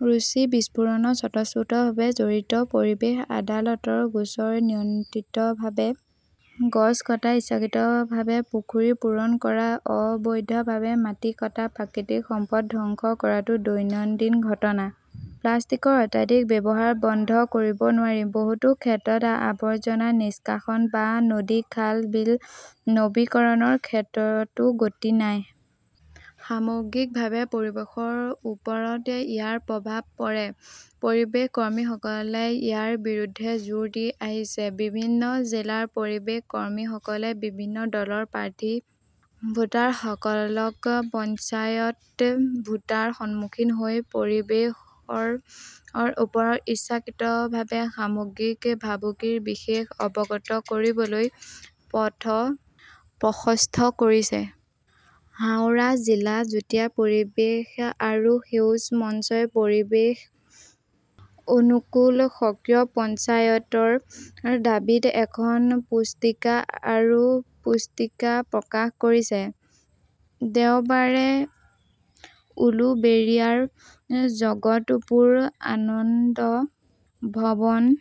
ছুৰী বিস্ফোৰণত স্বতঃস্ফূৰ্তভাৱে জড়িত পৰিৱেশ আদালতৰ গোচৰ অনিয়ন্ত্ৰিতভাৱে গছ কটা, ইচ্ছাকৃতভাৱে পুখুৰী পূৰণ কৰা, অবৈধভাৱে মাটি কটা-প্ৰাকৃতিক সম্পদ ধ্বংস কৰাটো দৈনন্দিন ঘটনা। প্লাষ্টিকৰ অত্যাধিক ব্যৱহাৰ বন্ধ কৰিব নোৱাৰি। বহুতো ক্ষেত্ৰত আৱৰ্জনা নিষ্কাশন বা নদী-খাল-বিল নৱীকৰণৰ ক্ষেত্ৰতো গতি নাই। সামগ্ৰিকভাৱে পৰিৱেশৰ ওপৰত ইয়াৰ প্ৰভাৱ পৰে। পৰিৱেশ কৰ্মীসকলে ইয়াৰ বিৰুদ্ধে জোৰ দি আহিছে। বিভিন্ন জিলাৰ পৰিৱেশ কৰ্মীসকলে বিভিন্ন দলৰ প্ৰাৰ্থী, ভোটাৰসকলক পঞ্চায়ত ভোটৰ সন্মুখীন হৈ পৰিৱেশৰ ওপৰত ইচ্ছাকৃতভাৱে সামগ্ৰিক ভাবুকিৰ বিষয়ে অৱগত কৰিবলৈ পথ প্ৰশস্ত কৰিছে। হাওৰা জিলা যুটীয়া পৰিৱেশ আৰু সেউজ মঞ্চই 'পৰিৱেশ অনুকূল সক্ৰিয় পঞ্চায়ত "ৰ দাবীত এখন পুস্তিকা আৰু পুস্তিকা প্ৰকাশ কৰিছে। দেওবাৰে উলুবেৰিয়াৰ Jagatpur Ananda Bhavan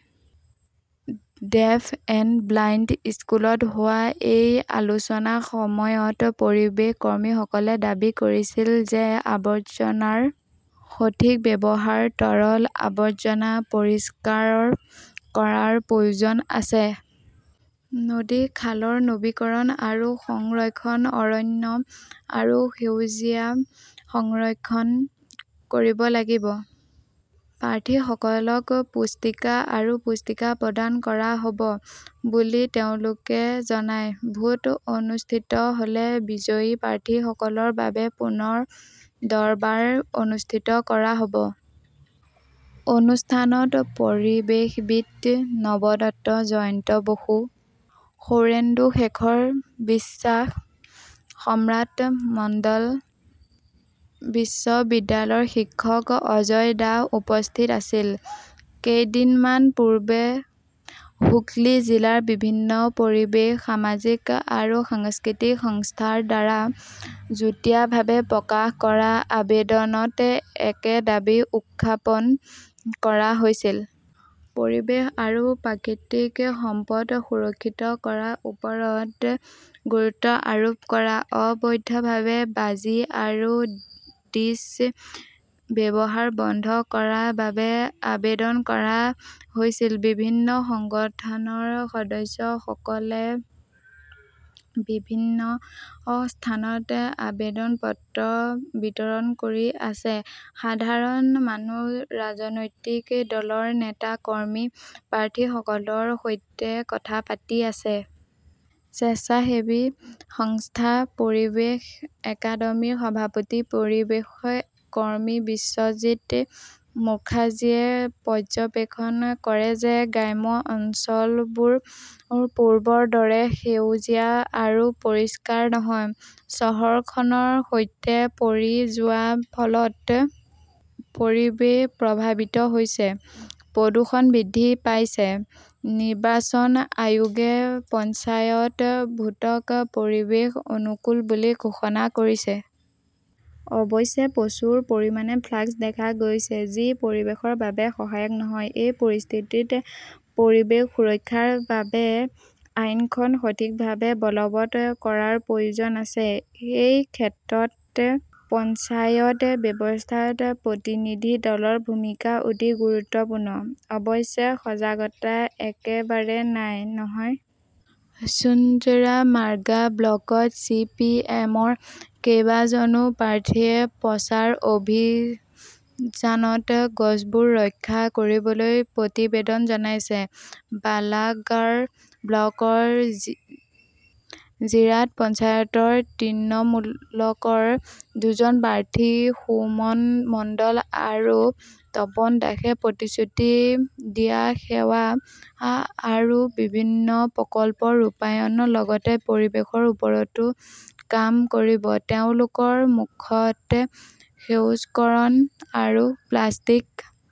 deaf and blind স্কুলত হোৱা এই আলোচনাৰ সময়ত পৰিৱেশ কৰ্মীসকলে দাবী কৰিছিল যে আৱৰ্জনাৰ সঠিক ব্যৱহাৰ, তৰল আৱৰ্জনা পৰিষ্কাৰ কৰাৰ প্ৰয়োজন আছে। নদী-খালৰ নৱীকৰণ আৰু সংৰক্ষণ, অৰণ্য আৰু সেউজীয়া সংৰক্ষণ কৰিব লাগিব। প্ৰাৰ্থীসকলক পুস্তিকা আৰু পুস্তিকা প্ৰদান কৰা হ "ব বুলি তেওঁলোকে জনায়। ভোট অনুষ্ঠিত হ "লে বিজয়ী প্ৰাৰ্থীসকলৰ বাবে পুনৰ দৰবাৰ অনুষ্ঠিত কৰা হ" ব। অনুষ্ঠানত পৰিৱেশবিদ নৱদত্ত, জয়ন্ত বসু, সৌৰেন্দুশেখৰ বিশ্বাস, সম্ৰাট মণ্ডল, বিদ্যালয়ৰ শিক্ষক অজয় দাস উপস্থিত আছিল। কেইদিনমান পূৰ্বে হুগলী জিলাৰ বিভিন্ন পৰিৱেশ, সামাজিক আৰু সাংস্কৃতিক সংস্থাৰ দ্বাৰা যুটীয়াভাৱে প্ৰকাশ কৰা আবেদনত একে দাবী উত্থাপন কৰা হৈছিল। পৰিৱেশ আৰু প্ৰাকৃতিক সম্পদ সুৰক্ষিত কৰাৰ ওপৰত গুৰুত্ব আৰোপ কৰা, অবৈধভাৱে বাজি আৰু ডিজ ব্যৱহাৰ বন্ধ কৰাৰ বাবে আবেদন কৰা হৈছিল। বিভিন্ন সংগঠনৰ সদস্যসকলে বিভিন্ন স্থানত আবেদন পত্ৰ বিতৰণ কৰি আছে। সাধাৰণ মানুহ, ৰাজনৈতিক দলৰ নেতা-কৰ্মী, প্ৰাৰ্থীসকলৰ সৈতে কথা পাতি আছে। স্বেচ্ছাসেৱী সংস্থা পৰিৱেশ একাডেমীৰ সভাপতি, পৰিৱেশ কৰ্মী বিশ্বজিত মুখাৰ্জীয়ে পৰ্যবেক্ষণ কৰে যে গ্ৰাম্য অঞ্চলবোৰ পূৰ্বৰ দৰে সেউজীয়া আৰু পৰিষ্কাৰ নহয়। চহৰখনৰ সৈতে পৰি যোৱাৰ ফলত পৰিৱেশ 'প্ৰভাৱিত "হৈছে। প্ৰদূষণ বৃদ্ধি পাইছে। নিৰ্বাচন আয়োগে পঞ্চায়ত ভোটক 'পৰিৱেশ অনুকূল "বুলি ঘোষণা কৰিছে। অৱশ্যে, প্ৰচুৰ পৰিমাণে ফ্লেক্স দেখা গৈছে, যি পৰিৱেশৰ বাবে সহায়ক নহয়। এই পৰিস্থিতিত, পৰিৱেশ সুৰক্ষাৰ বাবে আইনখন সঠিকভাৱে বলৱৎ কৰাৰ প্ৰয়োজন আছে। এই ক্ষেত্ৰত পঞ্চায়ত ব্যৱস্থাত প্ৰতিনিধি দলৰ ভূমিকা অতি গুৰুত্বপূৰ্ণ। অৱশ্যে, সজাগতা একেবাৰে নাই, নহয়। চুঞ্চুৰা-মাগ্ৰা ব্লকত চি. পি. এম. -ৰ কেইবাজনো প্ৰাৰ্থীয়ে প্ৰচাৰ অভিযানত গছবোৰ ৰক্ষা কৰিবলৈ আবেদন জনাইছে। বালাগড় ব্লকৰ জিৰাট পঞ্চায়তৰ তৃণমূলৰ দুজন প্ৰাৰ্থী সুমন মণ্ডল আৰু তপন দাসে প্ৰতিশ্ৰুতি দিয়া সেৱা আৰু বিভিন্ন প্ৰকল্প ৰূপায়ণৰ লগতে পৰিৱেশৰ ওপৰতো কাম কৰিব। তেওঁলোকৰ মুখত সেউজকৰণ আৰু প্লাষ্টিক